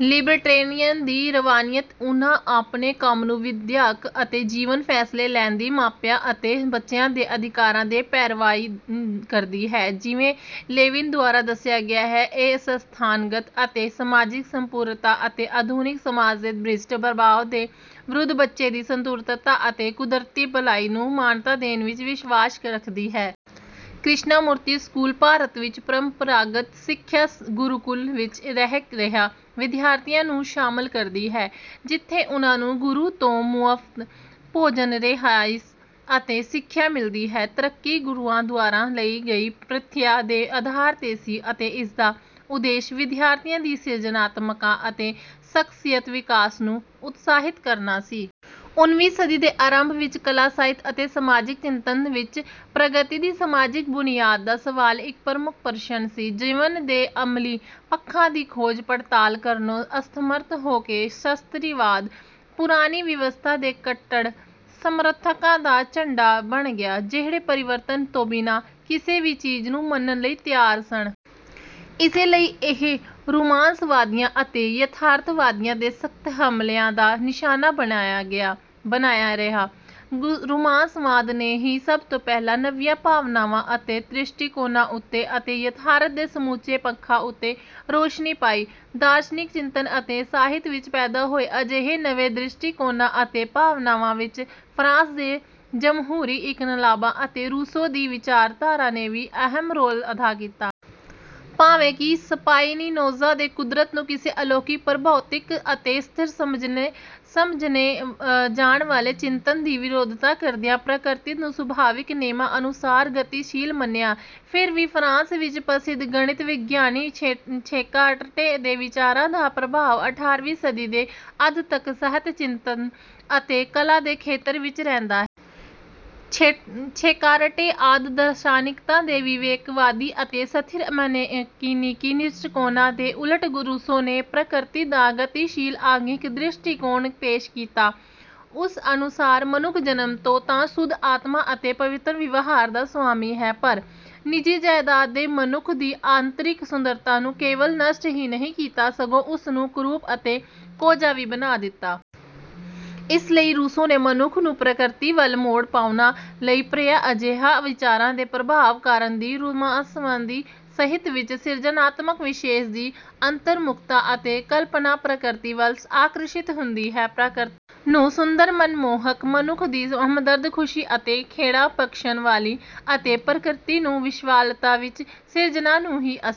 Libertarian ਦੀ ਰਵਾਇਤ ਉਨ੍ਹਾਂ ਆਪਣੇ ਕੰਮ ਨੂੰ ਵਿਦਿਅਕ ਅਤੇ ਜੀਵਨ ਫੈਸਲੇ ਲੈਣ ਦੀ ਮਾਪਿਆਂ ਅਤੇ ਬੱਚਿਆਂ ਦੇ ਅਧਿਕਾਰਾਂ ਦੀ ਪੈਰਵਾਈ ਕਰਦੀ ਹੈ। ਜਿਵੇਂ ਲੇਵਿਨ ਦੁਆਰਾ ਦੱਸਿਆ ਗਿਆ ਹੈ ਇਹ ਸੰਸਥਾਗਤ ਅਤੇ ਸਮਾਜਿਕ ਸਮਰੂਪਤਾ ਅਤੇ ਆਧੁਨਿਕ ਸਮਾਜ ਦੇ ਭ੍ਰਿਸ਼ਟ ਪ੍ਰਭਾਵਾਂ ਦੇ ਵਿਰੁੱਧ ਬੱਚੇ ਦੀ ਸੁਤੰਤਰਤਾ ਅਤੇ ਕੁਦਰਤੀ ਭਲਾਈ ਨੂੰ ਮਾਨਤਾ ਦੇਣ ਵਿੱਚ ਵਿਸ਼ਵਾਸ ਰਖਦੀ ਹੈ। ਕ੍ਰਿਸ਼ਨਾਮੂਰਤੀ ਸਕੂਲ। ਭਾਰਤ ਵਿੱਚ ਪ੍ਰੰਪਰਾਗਤ ਸਿੱਖਿਆ ਗੁਰੂਕੁਲਾਂ ਵਿੱਚ ਰਹਿ ਰਹੇ ਵਿਦਿਆਰਥੀਆਂ ਨੂੰ ਸ਼ਾਮਲ ਕਰਦੀ ਹੈ ਜਿੱਥੇ ਉਨ੍ਹਾਂ ਨੂੰ ਗੁਰੂ ਤੋਂ ਮੁਫਤ ਭੋਜਨ ਰਿਹਾਇਸ਼ ਅਤੇ ਸਿੱਖਿਆ ਮਿਲਦੀ ਸੀ। ਤਰੱਕੀ ਗੁਰੂਆਂ ਦੁਆਰਾ ਲਈ ਗਈ ਪ੍ਰੀਖਿਆ ਦੇ ਆਧਾਰ ਤੇ ਸੀ ਅਤੇ ਇਸਦਾ ਉਦੇਸ਼ ਵਿਦਿਆਰਥੀਆਂ ਦੀ ਸਿਰਜਣਾਤਮਕਤਾ ਅਤੇ ਸ਼ਖਸੀਅਤ ਵਿਕਾਸ ਨੂੰ ਉਤਸ਼ਾਹਿਤ ਕਰਨਾ ਸੀ। ਉਨੀਵੀਂ ਸਦੀ ਦੇ ਆਰੰਭ ਵਿੱਚ ਕਲਾ ਸਾਹਿਤ ਅਤੇ ਸਮਾਜਿਕ ਚਿੰਤਨ ਵਿੱਚ ਪ੍ਰਗਤੀ ਦੀ ਸਮਾਜਿਕ ਬੁਨਿਆਦ ਦਾ ਸਵਾਲ ਇੱਕ ਪ੍ਰਮੁੱਖ ਪ੍ਰਸ਼ਨ ਸੀ। ਜੀਵਨ ਦੇ ਅਮਲੀ ਪੱਖਾਂ ਦੀ ਖੋਜ ਪੜਤਾਲ ਕਰਨੋਂ ਅਸਮਰੱਥ ਹੋ ਕੇ ਸ਼ਾਸਤਰੀਵਾਦ ਪੁਰਾਣੀ ਵਿਵਸਥਾ ਦੇ ਕੱਟੜ ਸਮਰਥਕਾਂ ਦਾ ਝੰਡਾ ਬਣ ਗਿਆ ਜਿਹੜੇ ਪਰਿਵਰਤਨ ਤੋਂ ਬਿਨਾਂ ਕਿਸੇ ਵੀ ਚੀਜ਼ ਨੂੰ ਮੰਨਣ ਲਈ ਤਿਆਰ ਸਨ। ਇਸੇ ਲਈ ਇਹ ਰੁਮਾਂਸਵਾਦੀਆਂ ਅਤੇ ਯਥਾਰਥਵਾਦੀਆਂ ਦੇ ਸਖਤ ਹਮਲਿਆਂ ਦਾ ਨਿਸ਼ਾਨਾ ਬਣਿਆ ਰਿਹਾ। ਰੁਮਾਂਸਵਾਦ ਨੇ ਹੀ ਸਭ ਤੋਂ ਪਹਿਲਾਂ ਨਵੀਆਂ ਭਾਵਨਾਵਾਂ ਅਤੇ ਦ੍ਰਿਸ਼ਟੀਕੋਣਾਂ ਉੱਤੇ ਅਤੇ ਯਥਾਰਥ ਦੇ ਸਮੁੱਚੇ ਪੱਖਾਂ ਉੱਤੇ ਰੌਸ਼ਨੀ ਪਾਈ। ਦਾਰਸ਼ਨਿਕ ਚਿੰਤਨ ਅਤੇ ਸਾਹਿਤ ਵਿੱਚ ਪੈਦਾ ਹੋਏ ਅਜਿਹੇ ਨਵੇਂ ਦ੍ਰਿਸ਼ਟੀਕੋਣਾਂ ਅਤੇ ਭਾਵਨਾਵਾਂ ਵਿੱਚ ਫਰਾਂਸ ਦੇ ਜਮਹੂਰੀ ਇਨਕਲਾਬਾਂ ਅਤੇ ਰੂਸੋ ਦੀ ਵਿਚਾਰਧਾਰਾ ਨੇ ਵੀ ਅਹਿਮ ਰੋਲ ਅਦਾ ਕੀਤਾ। ਭਾਵੇਂ ਕਿ ਸਪਾਈਨੋਜ਼ਾ ਨੇ ਕੁਦਰਤ ਨੂੰ ਕਿਸੇ ਅਲੌਕਿਕ ਪਰਾਭੌਤਿਕ ਅਤੇ ਸਥਿਰ ਸਮਝੇ ਜਾਣ ਵਾਲੇ ਚਿੰਤਨ ਦੀ ਵਿਰੋਧਤਾ ਕਰਦਿਆਂ ਪ੍ਰਕਿਰਤੀ ਨੂੰ ਸੁਭਾਵਿਕ ਨੇਮਾਂ ਅਨੁਸਾਰ ਗਤੀਸ਼ੀਲ ਮੰਨਿਆ। ਫਿਰ ਵੀ ਫਰਾਂਸ ਵਿੱਚ ਪ੍ਰਸਿੱਧ ਗਣਿਤ ਵਿਗਿਆਨੀ ਛੇਕਾਰਟੇ ਦੇ ਵਿਚਾਰਾਂ ਦਾ ਪ੍ਰਭਾਵ ਅਠਾਰ੍ਹਵੀਂ ਸਦੀ ਦੇ ਅੱਧ ਤੱਕ ਸਾਹਿਤ ਚਿੰਤਨ ਅਤੇ ਕਲਾ ਦੇ ਖੇਤਰ ਵਿੱਚ ਰਹਿੰਦਾ ਹੈ। ਛੇਕਾਰਟੇ ਆਦਿ ਦਾਰਸ਼ਨਿਕਤਾ ਦੇ ਵਿਵੇਕਵਾਦੀ ਅਤੇ ਸਥਿਰ ਮਕੈਨੀਕੀ ਦ੍ਰਿਸ਼ਟੀਕੋਣ ਦੇ ਉਲਟ ਰੂਸੋ ਨੇ ਪ੍ਰਕਿਰਤੀ ਦਾ ਗਤੀਸ਼ੀਲ ਆਂਗਿਕ ਦ੍ਰਿਸ਼ਟੀਕੋਣ ਪੇਸ਼ ਕੀਤਾ। ਉਸ ਅਨੁਸਾਰ ਮਨੁੱਖ ਜਨਮ ਤੋਂ ਤਾਂ ਸ਼ੁੱਧ ਆਤਮਾ ਅਤੇ ਪਵਿੱਤਰ ਵਿਵਹਾਰ ਦਾ ਸੁਆਮੀ ਹੈ ਪਰ ਨਿੱਜੀ ਜਾਇਦਾਦ ਨੇ ਮਨੁੱਖ ਦੀ ਆਂਤਰਿਕ ਸੁੰਦਰਤਾ ਨੂੰ ਕੇਵਲ ਨਸ਼ਟ ਹੀ ਨਹੀਂ ਕੀਤਾ ਸਗੋਂ ਉਸਨੂੰ ਕਰੂਪ ਅਤੇ ਕੋਝਾ ਵੀ ਬਣਾ ਦਿੱਤਾ। ਇਸ ਲਈ ਰੂਸੋ ਨੇ ਮਨੁੱਖ ਨੂੰ ਪ੍ਰਕਿਰਤੀ ਵੱਲ ਮੋੜਾ ਪਾਉਣ ਲਈ ਪ੍ਰੇਰਿਆ। ਅਜਿਹੇ ਵਿਚਾਰਾਂ ਦੇ ਪ੍ਰਭਾਵ ਕਾਰਨ ਹੀ ਰੁਮਾਂਸਵਾਦੀ ਸਾਹਿਤ ਵਿੱਚ ਸਿਰਜਣਾਤਮਕ ਵਿਸ਼ੇਸ਼ ਦੀ ਅੰਤਰਮੁੱਖਤਾ ਅਤੇ ਕਲਪਨਾ ਪ੍ਰਕਿਰਤੀ ਵੱਲ ਆਕਰਸ਼ਿਤ ਹੁੰਦੀ ਹੈ। ਪ੍ਰਕਿਰਤੀ ਨੂੰ ਸੁੰਦਰ ਮਨਮੋਹਕ ਮਨੁੱਖ ਦੀ ਹਮਦਰਦ ਖੁਸ਼ੀ ਅਤੇ ਖੇੜਾ ਬਖਸ਼ਣ ਵਾਲੀ ਅਤੇ ਪ੍ਰਕਿਰਤੀ ਨੂੰ ਵਿਸ਼ਾਲਤਾ ਵਿੱਚ ਸਿਰਜਣਾ ਨੂੰ ਹੀ ਅਸੀਂ